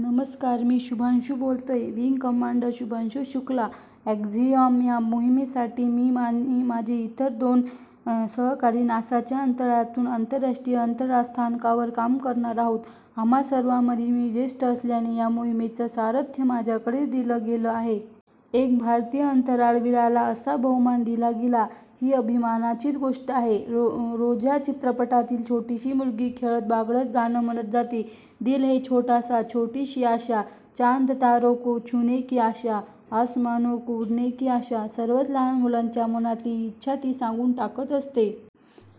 नमस्कार. मी शुभांशू बोलतोय. Wing commander Shubhanshu Shukla. 'Axiom ' या मोहिमेसाठी मी आणि माझे इतर दोन सहकारी नासाच्या अंतराळयानातून आंतरराष्ट्रीय अंतराळस्थानकावर काम करणार आहोत. आम्हा सर्वांमध्ये मी ज्येष्ठ असल्याने या मोहिमेचं सारथ्य माझ्याकडेच दिलं गेलं आहे. एका भारतीय अंतराळवीराला असा बहुमान दिला गेला, ही अभिमानाचीच गोष्ट आहे. 'रोजा' चित्रपटातली छोटीशी मुलगी खेळत, बागडत, गाणं म्हणत जाते- 'दिल है छोटासा, छोटीसी आशा, चांदतारोंको छुनेकी आशा, आसमानोंमे उडनेकी आशा'. सर्वच लहान मुलांच्या मनातली ती इच्छा ती सांगून टाकत असते.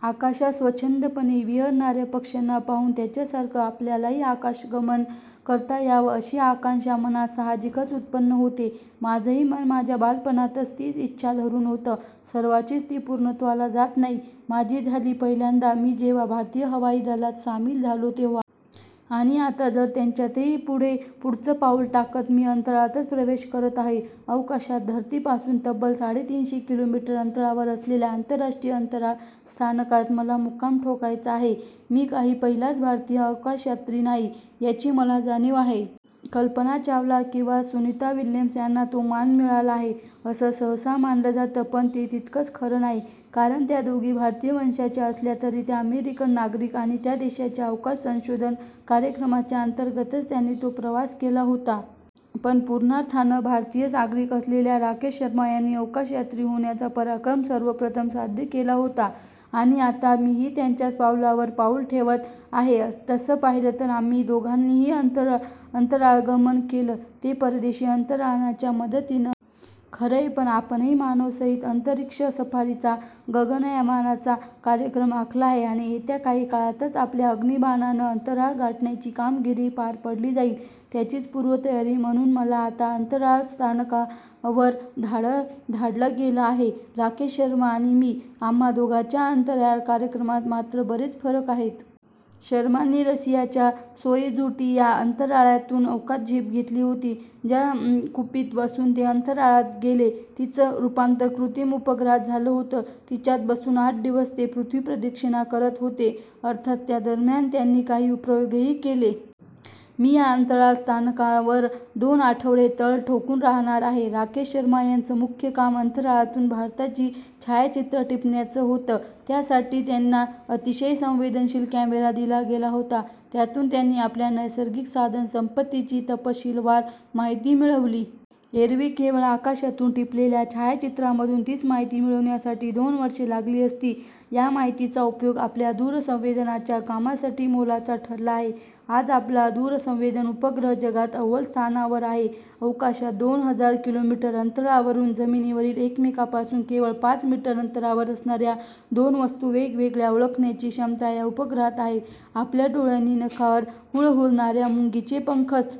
आकाशात स्वच्छंदपणे विहरणाऱ्या पक्ष्यांना पाहून त्याच्यासारखं आपल्यालाही आकाशगमन करता यावं, अशी आकांक्षा मनात साहजिकच उत्पन्न होते. माझंही मन माझ्या बालपणात तीच इच्छा धरून होतं. सर्वांचीच ती पूर्णत्वाला जात नाही; माझी झाली. पहिल्यांदा मी जेव्हा भारतीय हवाई दलात सामील झालो तेव्हा. आणि आता तर त्याच्याही पुढचं पाऊल टाकत मी अंतराळातच प्रवेश करतो आहे. अवकाशात धरतीपासून तब्बल साडेतीनशे किलोमीटर अंतरावर असलेल्या आंतरराष्ट्रीय अंतराळ स्थानकात मला मुक्काम ठोकायचा आहे. मी काही पहिलाच भारतीय अवकाशयात्री नाही, याची मला जाणीव आहे. कल्पना चावला किंवा सुनीता विल्यम्स यांना तो मान मिळाला आहे, असं सहसा मानलं जातं. पण ते तितकंसं खरं नाही. कारण त्या दोघी भारतीय वंशाच्या असल्या तरी त्या अमेरिकन नागरिक. आणि त्या देशाच्या अवकाश संशोधन कार्यक्रमाच्या अंतर्गतच त्यांनी तो प्रवास केला होता. पण पूर्णार्थानं भारतीय नागरिक असलेल्या राकेश शर्मा यांनी अवकाशयात्री होण्याचा पराक्रम सर्वप्रथम साध्य केला होता. आणि आता मीही त्यांच्याच पावलावर पाऊल ठेवत आहे. तसं पाहिलं तर आम्ही दोघांनीही अंतराळगमन केलं ते परदेशी अंतराळयानांच्या मदतीनं. खरंय! पण आपणही मानवसहित अंतरिक्षसफरीचा, गगनयानाचा, कार्यक्रम आखला आहे. आणि येत्या काही काळातच आपल्याच अग्निबाणानं अंतराळ गाठण्याची कामगिरीही पार पाडली जाईल. त्याचीच पूर्वतयारी म्हणून मला आता अंतराळस्थानकावर धाडलं गेलं आहे. राकेश शर्मा आणि मी, आम्हा दोघांच्या अंतराळकार्यक्रमात मात्र बरेच फरक आहेत. शर्मांनी रशियाच्या 'सोयुझ टी' या अंतराळयानातून अवकाशात झेप घेतली होती. ज्या कुपीत बसून ते अंतराळात गेले तिचं रूपांतर कृत्रिम उपग्रहात झालं होतं. तिच्यात बसूनच आठ दिवस ते पृथ्वीप्रदक्षिणा करत होते. अर्थात त्या दरम्यान त्यांनी काही प्रयोगही केले. मी या अंतराळस्थानकावर दोन आठवडे तळ ठोकून राहणार आहे. राकेश शर्मा यांचं मुख्य काम अंतराळातून भारताची छायाचित्रं टिपण्याचं होतं. त्यासाठी त्यांना अतिशय संवेदनशील कॅमेरा दिला गेला होता. त्यातून त्यांनी आपल्या नैसर्गिक साधनसंपत्तीची तपशीलवार माहिती मिळवली. एरवी केवळ आकाशातून टिपलेल्या छायाचित्रांमधून तीच माहिती मिळवण्यासाठी दोन वर्षं लागली असती. या माहितीचा उपयोग आपल्या दूरसंवेदनाच्या कामासाठी मोलाचा ठरला आहे. आज आपला दूरसंवेदन उपग्रह जगात अव्वल स्थानावर आहे. अवकाशात दोन हजार किलोमीटर अंतरावरून जमिनीवरील एकमेकांपासून केवळ पाच मीटर अंतरावर असणाऱ्या दोन वस्तू वेगवेगळ्या ओळखण्याची क्षमता या उपग्रहात आहे. आपल्या डोळ्यांनी नखावर हुळहुळणाऱ्या मुंगीचे पंखच